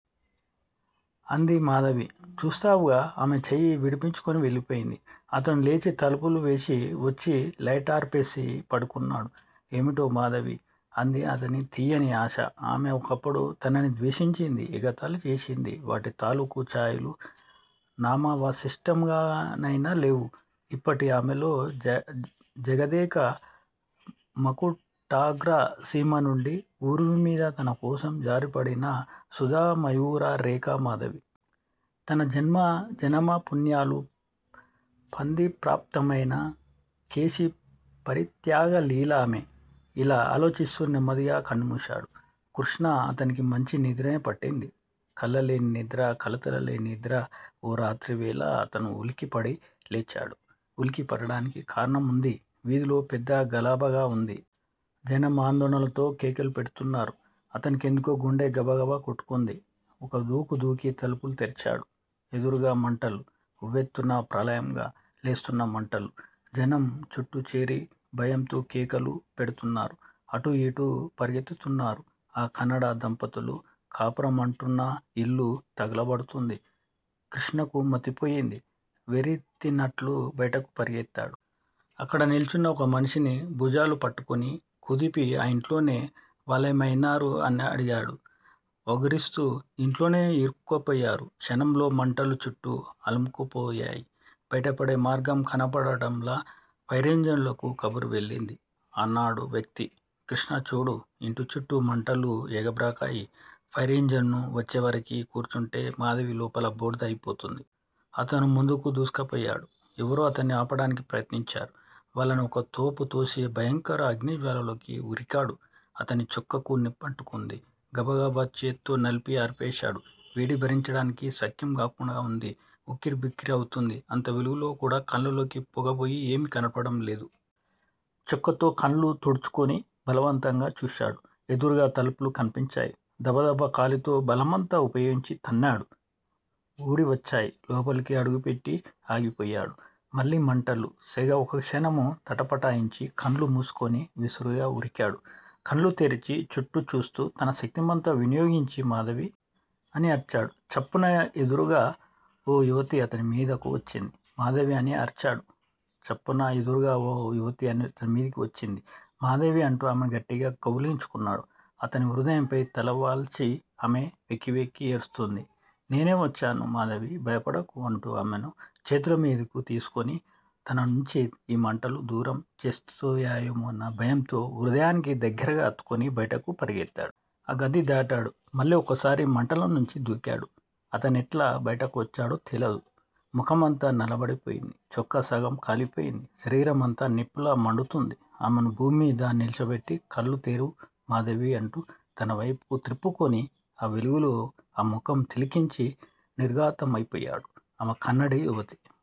అంది మాధవి. చూస్తావుగా. ఆమె చెయ్యి విడిపించుకుని వెళ్ళిపోయింది. అతను లేచి తలుపులు వేసి, వచ్చి లైటార్పేసి పడుకున్నాడు. ఏమిటో మాధవీ! అందీ అదని తియ్యని ఆశ ఆమె. ఒకప్పుడు తనని ద్వేషించింది. ఎగతాళి చేసింది. వాటి తాలూకు ఛాయలు నామావశిష్టంగానైనా లేవు యిప్పటి ఆమెలో జగదేక మకుటాగ్ర సీమనుండి ఉర్విమీద తనకోసం జారిపడిన సుధామయూర రేఖ మాధవి. తన జన్మ జనమ పుణ్యాలు పంది ప్రాప్తమైన కేశీ పరిత్యాగలీల ఆమె. ఇలా ఆలోచిస్తూ నెమ్మదిగా కన్నుమూశాడు కృష్ణ. అతనికి మంచి నిద్రే పట్టింది. కల్లల్లేని నిద్ర. కలతలు లేని నిద్ర. ఓ రాత్రివేళ అతను ఉలికిపడి లేచాడు. ఉలికిపడటానికి కారణముంది. వీధిలో పెద్ద గలాభాగా వుంది. జనం ఆందోళనతో కేకలుపెడ్తున్నారు. అతనికెందుకో గుండె గబగబ కొట్టుకుంది. ఒక్కదూకు దూకి తలుపులు తెరిచాడు. ఎదురుగా మంటలు, ఉవ్వెత్తున ప్రళయంగా లేస్తోన్న మంటలు. జనం చుట్టూచేరి భయంతో కేకలు పెడుతున్నారు. అటూయిటూ పరిగెత్తుతున్నారు. ఆ కన్నడ దంపతులు కాపురముంటూన్న యిల్లు తగలబడుతోంది. కృష్ణకు మతిపోయింది. వెర్రెత్తినట్లు భయటకు పరిగెత్తాడు. అక్కడ నిల్చున్న ఒక మనిషిని భుజాలు పట్టుకుని కుదిపి ఆ ఇంట్లోని వాళ్ళేమైనారు? అనడిగాడు వగరుస్తూ. యింట్లోనే యిరుక్కుపోయారు. క్షణంలో మంటలు చుట్టూ అలుముకుపోయాయి. బయటపడే మార్గం కనపడటంలా. ఫైరింజనులకు కబురు వెళ్ళింది అన్నాడు వ్యక్తి. కృష్ణ చూడు. ఇంటిచుట్టూ మంటలు ఎగబ్రాకాయి. ఫైరింజానూ వచ్చేవరకి కూర్చుంటే మాధవి లోపల బూడిద అయిపోతుంది. అతను ముందుకు దూసుకుపోయాడు. ఎవరో అతన్ని ఆపటానికి ప్రయత్నించారు. వాళ్ళని ఒక్క తోపుతోసి ఆ భయంకర అగ్నిజ్వాలలోకి ఉరికాడు. అతని చొక్కాకు నిప్పంటుకుంది. గబగబ చేత్తో నలిపి ఆర్పేశాడు. వేడి భరించటానికి సఖ్యంగాకుండా ఉంది. ఉక్కిరిబిక్కిరి అవుతోంది. అంత వెలుగులో కూడా కళ్ళలోకి పొగబోయి ఏమీ కనపడటంలేదు. చొక్కాతో కళ్ళు తుడుచుకుని బలవంతంగా చూశాడు. ఎదురుగా తలుపులు కనిపించాయి. దబదబ కాలితో బలమంతా ఉపయోగించి తన్నాడు. ఊడివచ్చాయి. లోపలకు అడుగుపెట్టి ఆగిపోయాడు. మళ్ళీ మంటలు, సెగ ఒక్కక్షణం తటపటాయించి కళ్ళు మూసుకుని విసురుగా ఉరికాడు. కళ్ళు తెరిచి, చుట్టూ చూస్తూ తన శక్తినంతా వినియోగించి మాధవీ! అని అరిచాడు. చప్పున ఎదురుగా ఓ యువతి అతనిమీధకు వచ్చింది. మాధవీ! అని అరిచాడు. చప్పున ఎదురుగా ఓ యువతి అతనిమీధకు వచ్చింది. 'మాధవీ! ' అంటూ ఆమెను గట్టిగా కౌగలించుకున్నాడు. అతని హృదయంపై తలవాల్చి ఆమె వెక్కివెక్కి ఏడుస్తూంది. నేనే వచ్చాను మాధవీ భయపడకు అంటూ ఆమెను చేతులమీదకు తీసుకుని తననుంచి ఈ మంటలు దూరం చేస్తాయేమోనన్న భయంతో హృదయానికి దగ్గరగా హత్తుకుని బయటకు పరిగెత్తాడు. ఆ గది దాటాడు. మళ్ళీ ఒక్కసారి మంటలనుంచి దూకాడు. అతనెట్లా బయటకు వచ్చాడో తెలవ దు. ముఖమంతా నల్లబడిపోయింది. చొక్కా సగం కాలిపోయింది. శరీరమంతా నిప్పులా మండుతోంది. ఆమెను భూమ్మీద నిల్చోపెట్టి కళ్ళు తెరు మాధవీ! అంటూ తనవైపుకి త్రిప్పుకుని ఆ వెలుగులో ఆ ముఖం తిలకించి నిర్ఘాంతమై పోయాడు. ఆమె కన్నడి యువతి.